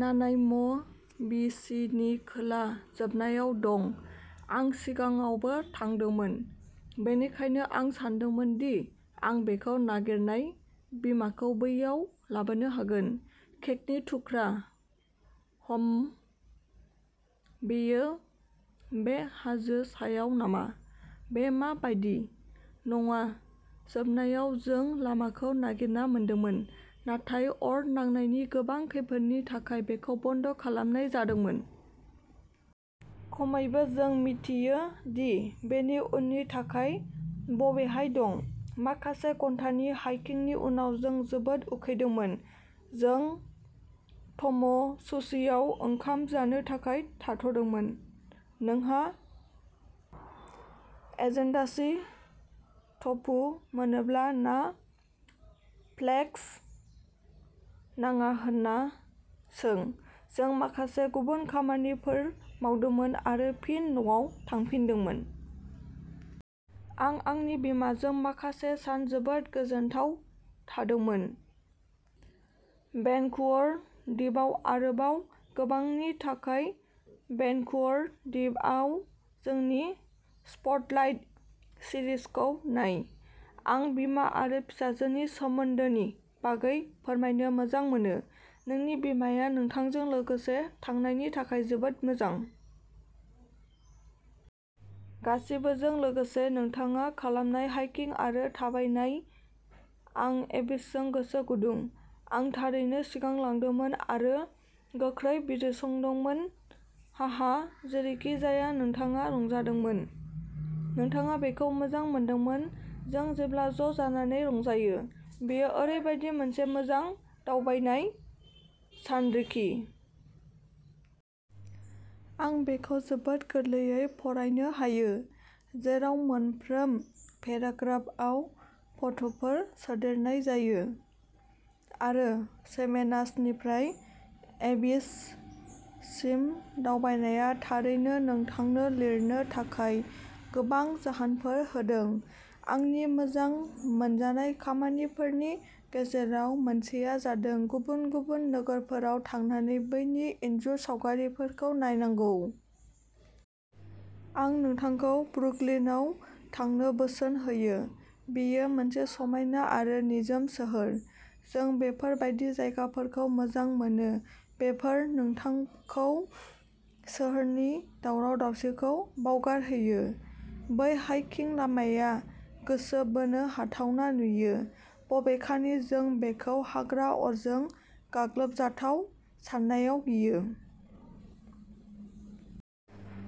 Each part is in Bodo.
नानाइम'बि सि नि खोला जोबनायाव दं। आं सिगाङावबो थांदोंमोन, बेनिखायनो आं सानदोंमोन दि आं बेखौ नागिरना बिमाखौ बैयाव लाबोनो हागोन। केकनि थुख्रा। हम्म, बेयो बे हाजो सायाव नामा? बे मा बायदि? नङा जोबनायाव जों लामाखौ नागिरना मोनदोंमोन, नाथाय अर नांनायनि गोबां खैफोदनि थाखाय बेखौ बन्द खालामनाय जादोंमोन। खमैबो जों मिथियो दि बेयो उननि थाखाय बबेहाय दं। माखासे घन्टानि हाइकिंनि उनाव, जों जोबोद उखैदोंमोन। जों ट'म'सुशिआव ओंखाम जानो थाखाय थाथ'दोंमोन। नोंहा एजेदाशि ट'फु मोनोब्ला ना फ्लेक्स नाङा होनना सों। जों माखासे गुबुन खामानिफोर मावदोंमोन आरो फिन न'आव थांफिनदोंमोन। आं आंनि बिमाजों माखासे सान जोबोद गोजोनथाव थादोंमोन। भेनकुवर दिपआव आरोबाव गोबांनि थाखाय भेनकुवर दिपआव जोंनि स्पटलाइट सिरिजखौ नाय। आं बिमा आरो फिसाजोनि सोमोन्दोनि बागै फरायनो मोजां मोनो। नोंनि बिमाया नोंथांजों लोगोसे थांनायनि थाखाय जोबोद मोजां। गासिबोजों लोगोसे। नोंथाङा खालामनाय हाइकिं आरो थाबायनाय आं एबिसजों गोसो गुदुं। आं थारैनो सिगांलांदोंमोन आरो गोख्रै बिजिरसंदोंमोन। हाहा जेरैखिजाया, नोंथाङा रंजादोंमोन! नोंथाङा बेखौ मोजां मोनदोंमोन! जों जेब्लाबो ज'जानानै रंजायो। बेयो ओरैबायदि मोनसे मोजां दावबायनाय सानरिखि। आं बेखौ जोबोद गोरलैयै फरायनो हायो, जेराव मोनफ्रोम पेराग्राफआव फट'फोर सोदेरनाय जायो। आरो चेमेनासनिफ्राय एबिस सिम दावबायनाया थारैनो नोंथांनो लिरनो थाखाय गोबां जाहोनफोर होदों। आंनि मोजां मोनजानाय खामानिफोरनि गेजेराव मोनसेआ जादों गुबुन-गुबुन नोगोरफोराव थांनानै बैनि इनजुर सावगारिफोरखौ नायनांगौ। आं नोंथांखौ ब्रुकलिनआव थांनो बोसोन होयो, बेयो मोनसे समायना आरो निजोम सोहोर। जों बेफोर बायदि जायगाफोरखौ मोजां मोनो बेफोर नोंथांखौ सोहोरनि दावराव-दावसिखौ बावगारहोयो। बै हाइकिं लामाया गोसो बोनो हाथावना नुयो, बबेखानि जों बेखौ हाग्रा अरजों गाग्लोबजाथाव साननायाव गियो।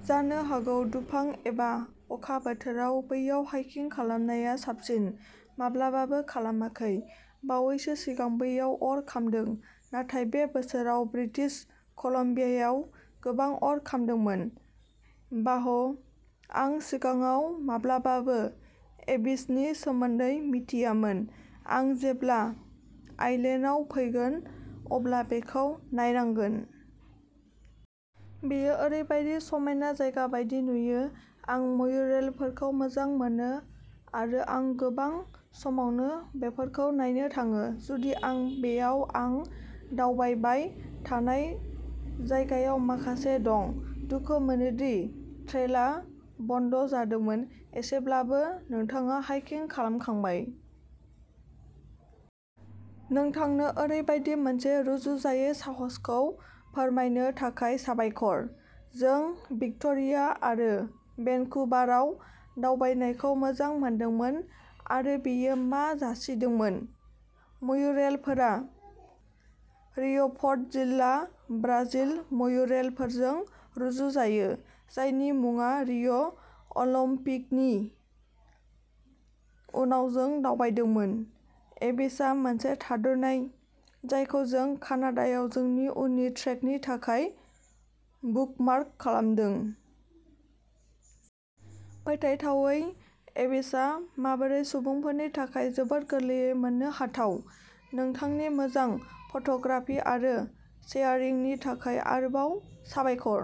जानो हागौ दुफां एबा अखा बोथोराव बैयाव हाइकिं खालामनाया साबसिन। माब्लाबाबो खालामाखै। बावैसो सिगां बैयाव अर खामदों, नाथाय बे बोसोराव ब्रिटिश कलम्बियायाव गोबां अर खामदों। बाह, आं सिगाङाव माब्लाबाबो एबिसनि सोमोन्दै मिथियामोन। आं जेब्ला आइलेन्डआव फैगोन अब्ला बेखौ नायनांगोन। बेयो ओरैबायदि समायना जायगा बायदि नुयो। आं म्युरेलफोरखौ मोजां मोनो आरो आं गोबां समावनो बेफोरखौ नायनो थाङो, जुदि आं बेयाव आं दावबायबाय थानाय जायगायाव माखासे दं। दुखु मोनो दि ट्रेलआ बन्द जादोंमोन, एसेब्लाबो नोंथाङा हाइकिं खालामखांबाय। नोंथांनो ओरैबायदि मोनसे रुजुजायै साहसखौ फोरमायनो थाखाय साबायखर। जों भिक्ट'रिया आरो भेनकुभाराव दावबायनायखौ मोजां मोनदोंमोन आरो बेयो मा जासिदोंमोन। म्युरेलफोरा रिय'पर्ट जिल्ला ब्राजिल म्युरेलफोरजों रुजुजायो, जायनि मुङा रिय'अलिम्पिकनि उनाव जों दावबायदोंमोन। एबिसआ मोनसे थाद'नाय जायखौ जों कानाडायाव जोंनि उननि ट्रेकनि थाखाय बुकमार्क खालामदों। फोथायथावै एबिसआ माबोरै सुबुंफोरनि थाखाय जोबोद गोरलैयै मोननो हाथाव। नोंथांनि मोजां फट'ग्राफि आरो शेयारिंनि थाखाय आरोबाव साबायखर।